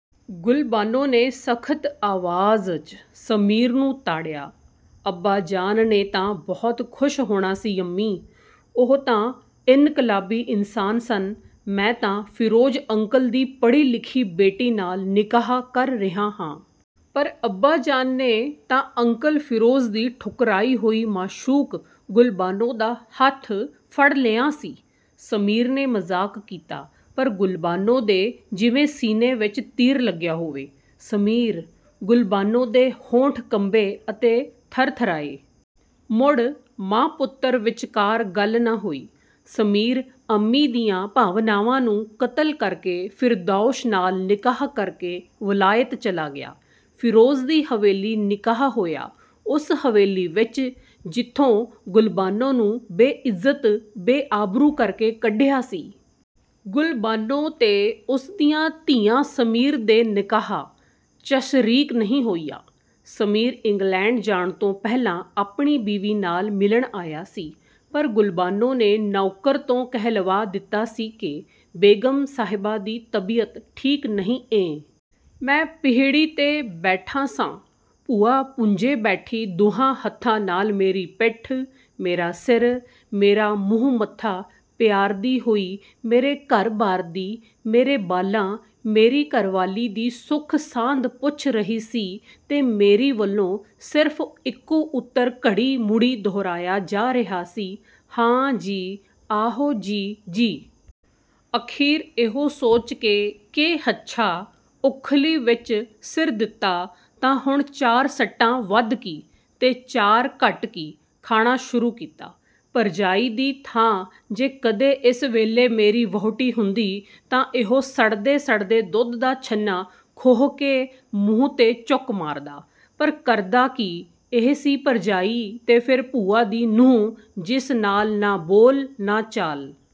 ਗੁਲਬਾਨੋ ਨੇ ਸਖਤ ਆਵਾਜ਼, ਚ' ਸਮੀਰ ਨੂੰ ਤਾੜਿਆ। "ਅੱਬਾਜਾਨ ਨੇ ਤਾਂ ਬਹੁਤ ਖੁਸ਼ ਹੋਣਾ ਸੀ ਅੰਮੀ"… ਉਹ ਤਾਂ ਇੰਨਕਲਾਬੀ ਇਨਸਾਨ ਸਨ। ਮੈਂ ਤਾਂ ਫਿਰੋਜ ਅੰਕਲ ਦੀ ਪੜ੍ਹੀ ਲਿਖੀ ਬੇਟੀ ਨਾਲ ਨਿਕਾਹ ਕਰ ਰਿਹਾਂ ਹਾਂ। ਪਰ ਅੱਬਾਜਾਨ ਨੇ ਤਾਂ ਅੰਕਲ ਫਿਰੋਜ਼ ਦੀ ਠੁਕਰਾਈ ਹੋਈ ਮਾਸ਼ੂਕ ਗੁਲਬਾਨੋ ਦਾ ਹੱਥ ਫੜ ਲਿਆਂ ਸੀ। ਸਮੀਰ ਨੇ ਮਜ਼ਾਕ ਕੀਤਾ। ਪਰ ਗੁਲਬਾਨੋ ਦੇ ਜਿਵੇਂ ਸੀਨੇ ਵਿੱਚ ਤੀਰ ਲੱਗਿਆ ਹੋਵੇ। "ਸਮੀਰ"… ਗੁਲਬਾਨੋ ਦੇ ਹੋਂਠ ਕੰਬੇ ਅਤੇ ਥਰਥਰਾਏ। ਮੁੜ, ਮਾਂ-ਪੁੱਤਰ ਵਿੱਚਕਾਰ ਗੱਲ ਨਾ ਹੋਈ। ਸਮੀਰ, ਅੰਮੀ ਦੀਆਂ ਭਾਵਨਾਵਾਂ ਨੂੰ ਕਤਲ ਕਰਕੇ ਫਿਰਦੌਸ਼ ਨਾਲ ਨਿਕਾਹ ਕਰਕੇ ਵਲਾਇਤ ਚਲਾ ਗਿਆ। ਫਿਰੋਜ਼ ਦੀ ਹਵੇਲੀ ਨਿਕਾਹ ਹੋਇਆ। ਉਸ ਹਵੇਲੀ ਵਿੱਚ ਜਿਥੋਂ ਗਲਬਾਨੋ ਨੂੰ ਬੇਇੱਜ਼ਤ, ਬੇਆਬਰੂ ਕਰਕੇ ਕੱਢਿਆ ਸੀ। ਗੁਲਬਾਨੋ ਤੇ ਉਸ ਦੀਆਂ ਧੀਆਂ ਸਮੀਰ ਦੇ ਨਿਕਾਹ, ਚ'ਸ਼ਰੀਕ ਨਹੀ ਹੋਈਆ। ਸਮੀਰ ਇੰਗਲੈਂਡ ਜਾਣ ਤੋਂ ਪਹਿਲਾਂ ਆਪਣੀ ਬੀਵੀ ਨਾਲ ਮਿਲਣ ਆਇਆ ਸੀ। ਪਰ ਗੁਲਬਾਨੋ ਨੇ ਨੌਕਰ ਤੋਂ ਕਹਿਲਵਾ ਦਿਤਾ ਸੀ ਕਿ ਬੇਗ਼ਮ ਸਾਹਿਬਾਂ ਦੀ ਤਬੀਅਤ ਠੀਕ ਨਹੀ ਏਂ। ਮੈਂ ਪੀਹੜੀ 'ਤੇ ਬੈਠਾ ਸਾਂ, ਭੂਆ ਭੁੰਜੇ ਬੈਠੀ ਦੁਹਾਂ ਹੱਥਾਂ ਨਾਲ ਮੇਰੀ ਪਿੱਠ, ਮੇਰਾ ਸਿਰ, ਮੇਰਾ ਮੂੰਹ ਮੱਥਾ ਪਿਆਰਦੀ ਹੋਈ ਮੇਰੇ ਘਰ ਬਾਰ ਦੀ, ਮੇਰੇ ਬਾਲਾਂ, ਮੇਰੀ ਘਰ ਵਾਲੀ ਦੀ ਸੁਖ ਸਾਂਦ ਪੁੱਛ ਰਹੀ ਸੀ ਤੇ ਮੇਰੀ ਵੱਲੋਂ ਸਿਰਫ ਇਕੋ ਉਤਰ ਘੜੀ ਮੁੜੀ ਦੁਹਰਾਇਆ ਜਾ ਰਿਹਾ ਸੀ, "ਹਾਂ ਜੀ, ਆਹੋ ਜੀ, ਜੀ। " ਅਖੀਰ ਇਹੋ ਸੋਚ ਕੇ ਕਿ ਹੱਛਾ, ਉਖਲੀ ਵਿਚ ਸਿਰ ਦਿੱਤਾ ਤਾਂ ਹੁਣ ਚਾਰ ਸੱਟਾਂ ਵੱਧ ਕੀ, ਤੇ ਚਾਰ ਘੱਟ ਕੀ, ਖਾਣਾ ਸ਼ੁਰੂ ਕੀਤਾ। ਭਰਜਾਈ ਦੀ ਥਾਂ ਜੇ ਕਦੇ ਇਸ ਵੇਲੇ ਮੇਰੀ ਵਹੁਟੀ ਹੁੰਦੀ ਤਾਂ ਇਹੋ ਸੜਦੇ ਸੜਦੇ ਦੁੱਧ ਦਾ ਛੰਨਾ ਖੋਹ ਕੇ ਮੂੰਹ ਤੇ ਚੁੱਕ ਮਾਰਦਾ, ਪਰ ਕਰਦਾ ਕੀ, ਇਹ ਸੀ ਭਰਜਾਈ ਤੇ ਫਿਰ ਭੂਆ ਦੀ ਨੂੰਹ ਜਿਸ ਨਾਲ ਨਾ ਬੋਲ ਨਾ ਚਾਲ।